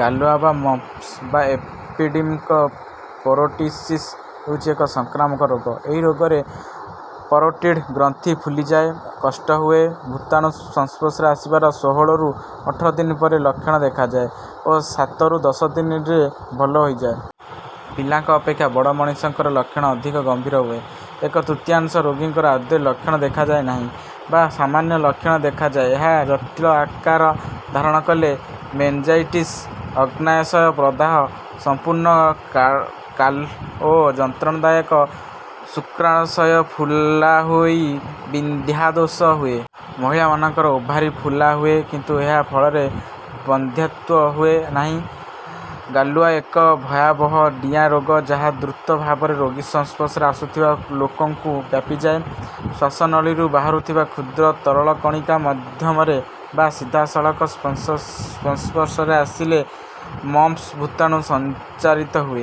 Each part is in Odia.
ଗାଲୁଆ ବା ମମ୍ପ୍ସ ବା ଏପିଡେମିକ ପରୋଟାଇଟିସ ହେଉଛି ଏକ ସଂକ୍ରାମକ ରୋଗ। ଏହି ରୋଗରେ ପାରୋଟିଡ ଗ୍ରନ୍ଥି ଫୁଲିଯାଏ ଓ କଷ୍ଟ ହୁଏ। ଭୂତାଣୁ ସଂସ୍ପର୍ଶ ଆସିବାର ଷୋହଳରୁ ଅଠର ଦିନ ପରେ ଲକ୍ଷଣ ଦେଖାଯାଏ ଓ ସାତରୁ ଦଶ ଦିନରେ ଭଲ ହୋଇଯାଏ। ପିଲାଙ୍କ ଅପେକ୍ଷା ବଡ଼ ମଣିଷଙ୍କର ଲକ୍ଷଣ ଅଧିକ ଗମ୍ଭୀର ହୁଏ। ଏକ ତୃତୀୟାଂଶ ରୋଗୀଙ୍କର ଆଦୌ ଲକ୍ଷଣ ଦେଖାଯାଏ ନାହିଁ ବା ସାମାନ୍ୟ ଲକ୍ଷଣ ଦେଖାଯାଏ। ଏହା ଜଟିଳ ଆକାର ଧାରଣ କଲେ ମେନିଞ୍ଜାଇଟିସ, ଅଗ୍ନାଶୟ ପ୍ରଦାହ, ସମ୍ପୂର୍ଣ୍ଣ କା କାଲ ଓ ଯନ୍ତ୍ରଣାଦାୟକ ଶୁକ୍ରାଶୟ ଫୁଲା ହୋଇ ବନ୍ଧ୍ୟାଦୋଷ ହୁଏ। ମହିଳାମାନଙ୍କର ଓଭାରି ଫୁଲା ହୁଏ କିନ୍ତୁ ଏହା ଫଳରେ ବନ୍ଧ୍ୟାତ୍ୱ ହୁଏ ନାହିଁ। ଗାଲୁଆ ଏକ ଭୟାବହ ଡିଆଁ ରୋଗ ଯାହା ଦୃତ ଭାବରେ ରୋଗୀ ସଂସ୍ପର୍ଶରେ ଆସୁଥିବା ଲୋକଙ୍କୁ ବ୍ୟାପିଯାଏ। ଶ୍ୱାସନଳୀରୁ ବାହାରୁଥିବା କ୍ଷୁଦ୍ର ତରଳକଣିକା ମାଧ୍ୟମରେ ବା ସିଧାସଳଖ ସଂସ୍ପର୍ଶରେ ଆସିଲେ ମମ୍ପ୍ସ ଭୂତାଣୁ ସଞ୍ଚାରିତ ହୁଏ।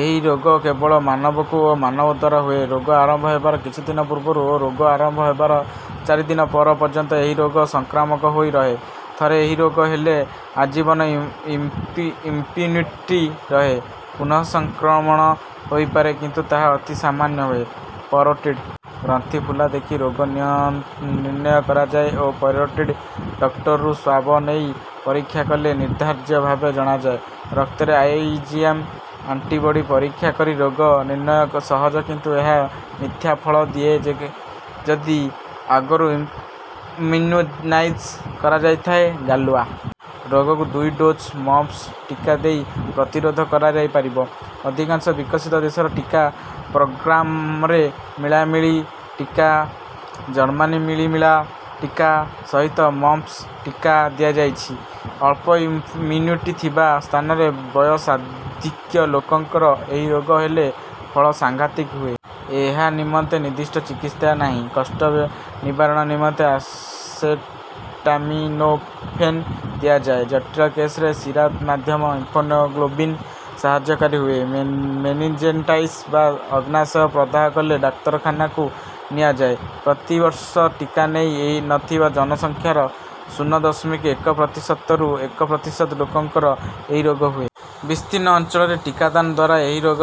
ଏହି ରୋଗ କେବଳ ମାନବକୁ ଓ ମାନବଦ୍ୱାରା ହୁଏ। ରୋଗ ଆରମ୍ଭ ହେବାର କିଛି ଦିନ ପୂର୍ବରୁ ଓ ରୋଗ ଆରମ୍ଭ ହେବାର ଚାରି ଦିନ ପର ପର୍ଯ୍ୟନ୍ତ ଏହି ରୋଗ ସଂକ୍ରାମକ ହୋଇ ରହେ। ଥରେ ଏହି ରୋଗ ହେଲେ ଆଜୀବନ ଇମ୍ମ୍ୟୁନିଟି ରହେ। ପୁନଃସଂକ୍ରମଣ ହୋଇପାରେ କିନ୍ତୁ ତାହା ଅତି ସାମାନ୍ୟ ହୁଏ। ପାରୋଟିଡ ଗ୍ରନ୍ଥି ଫୁଲା ଦେଖି ରୋଗ ନିର୍ଣ୍ଣୟ କରାଯାଏ ଓ ପାରୋଟିଡ ଡକ୍ଟରୁ ସ୍ୱାବ ନେଇ ପରୀକ୍ଷା କଲେ ନିର୍ଦ୍ଧାର୍ଯ୍ୟ ଭାବେ ଜଣାଯାଏ। ରକ୍ତରେ ଆଇଜିଏମ ଆଣ୍ଟିବଡି ପରୀକ୍ଷା କରି ରୋଗ ନିର୍ଣ୍ଣୟ ସହଜ କିନ୍ତୁ ଏହା ମିଥ୍ୟା ଫଳ ଦିଏ ଯଦି ଆଗରୁ ଇମ୍ମ୍ୟୁନାଇଜ କରାଯାଇଥାଏ। ଗାଲୁଆ ରୋଗକୁ ଦୁଇ ଡୋଜ ମମ୍ପ୍ସ ଟିକା ଦେଇ ପ୍ରତିରୋଧ କରାଯାଇପାରିବ। ଅଧିକାଂଶ ବିକଶିତ ଦେଶର ଟିକା ପ୍ରୋଗ୍ରାମରେ ମିଳିମିଳା ଟିକା, ଜର୍ମାନୀ ମିଳିମିଳା ଟିକା ସହିତ ମମ୍ପ୍ସ ଟିକା ଦିଆଯାଉଛି। ଅଳ୍ପ ଇମ୍ମ୍ୟୁନିଟି ଥିବା ସ୍ଥାନରେ ବୟସାଧିକ୍ୟ ଲୋକଙ୍କର ଏହି ରୋଗ ହେଲେ ଫଳ ସାଂଘାତିକ ହୁଏ। ଏହା ନିମନ୍ତେ ନିର୍ଦ୍ଦିଷ୍ଟ ଚିକିତ୍ସା ନାହିଁ। କଷ୍ଟ ନିବାରଣ ନିମନ୍ତେ ଆସେଟାମିନୋଫେନ ଦିଆଯାଏ। ଜଟିଳ କେଶରେ ଶୀରାମାଧ୍ୟମ ଇମ୍ମ୍ୟୁନୋଗ୍ଲୋବ୍ୟୁଲିନ ସାହାଯ୍ୟକାରୀ ହୁଏ। ମେନିଞ୍ଜାଇଟିସ ବା ଅଗ୍ନାଶୟ ପ୍ରଦାହ ହେଲେ ଡାକ୍ତରଖାନାକୁ ନିଆଯାଏ। ପ୍ରତିବର୍ଷ ଟିକା ନେଇ ନ ଥିବା ଜନସଂଖ୍ୟାର ଶୂନ ଦଶମିକ ଏକ ପ୍ରତିଶତରୁ ଏକ ପ୍ରତିଶତ ଲୋକଙ୍କର ଏହି ରୋଗ ହୁଏ। ବିସ୍ତୀର୍ଣ୍ଣ ଅଞ୍ଚଳରେ ଟିକାଦାନ ଦ୍ୱାରା ଏହି ରୋଗ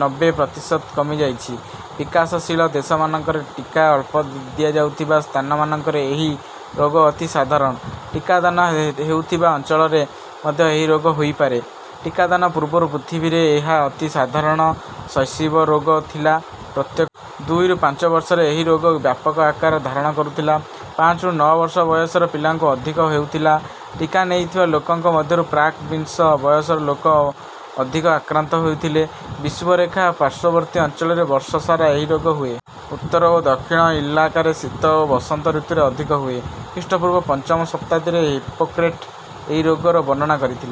ନବେ ପ୍ରତିଶତ କମିଯାଇଛି। ବିକାଶଶୀଳ ଦେଶମାନଙ୍କରେ ଟିକା ଅଳ୍ପ ଦିଆଯାଉଥିବା ସ୍ଥାନମାନଙ୍କରେ ଏହି ରୋଗ ଅତି ସାଧାରଣ। ଟିକାଦାନ ହୋଇଥିବା ଅଞ୍ଚଳରେ ମଧ୍ୟ ଏହି ରୋଗ ହୋଇପାରେ। ଟିକାଦାନ ପୂର୍ବରୁ ପୃଥିବୀରେ ଏହା ଅତି ସାଧାରଣ ଶୈଶବ ରୋଗ ଥିଲା। ପ୍ରତ୍ୟେକ ଦୁଇରୁ ପାଞ୍ଚ ବର୍ଷରେ ଏହି ରୋଗ ବ୍ୟାପକ ଆକାର ଧାରଣ କରୁଥିଲା। ପାଞ୍ଚରୁ ନଅ ବର୍ଷ ବୟସର ପିଲାଙ୍କୁ ଅଧିକ ହେଉଥିଲା। ଟିକା ନେଇଥିବା ଲୋକଙ୍କ ମଧ୍ୟରୁ ପ୍ରାକ୍ ବିଂଶ ବୟସର ଲୋକ ଅଧିକ ଆକ୍ରାନ୍ତ ହେଉଥିଲେ। ବିଷୁବରେଖା ପାର୍ଶ୍ୱବର୍ତ୍ତୀ ଅଞ୍ଚଳରେ ବର୍ଷ ସାରା ଏହି ରୋଗ ହୁଏ। ଉତ୍ତର ଓ ଦକ୍ଷିଣ ଇଲାକାରେ ଶୀତ ଓ ବସନ୍ତ ଋତୁରେ ଅଧିକ ହୁଏ। ଖ୍ରୀଷ୍ଟପୂର୍ବ ପଞ୍ଚମ ଶତାବ୍ଦୀରେ ହିପୋକ୍ରେଟ ଏହି ରୋଗର ବର୍ଣ୍ଣନା କରିଥିଲେ।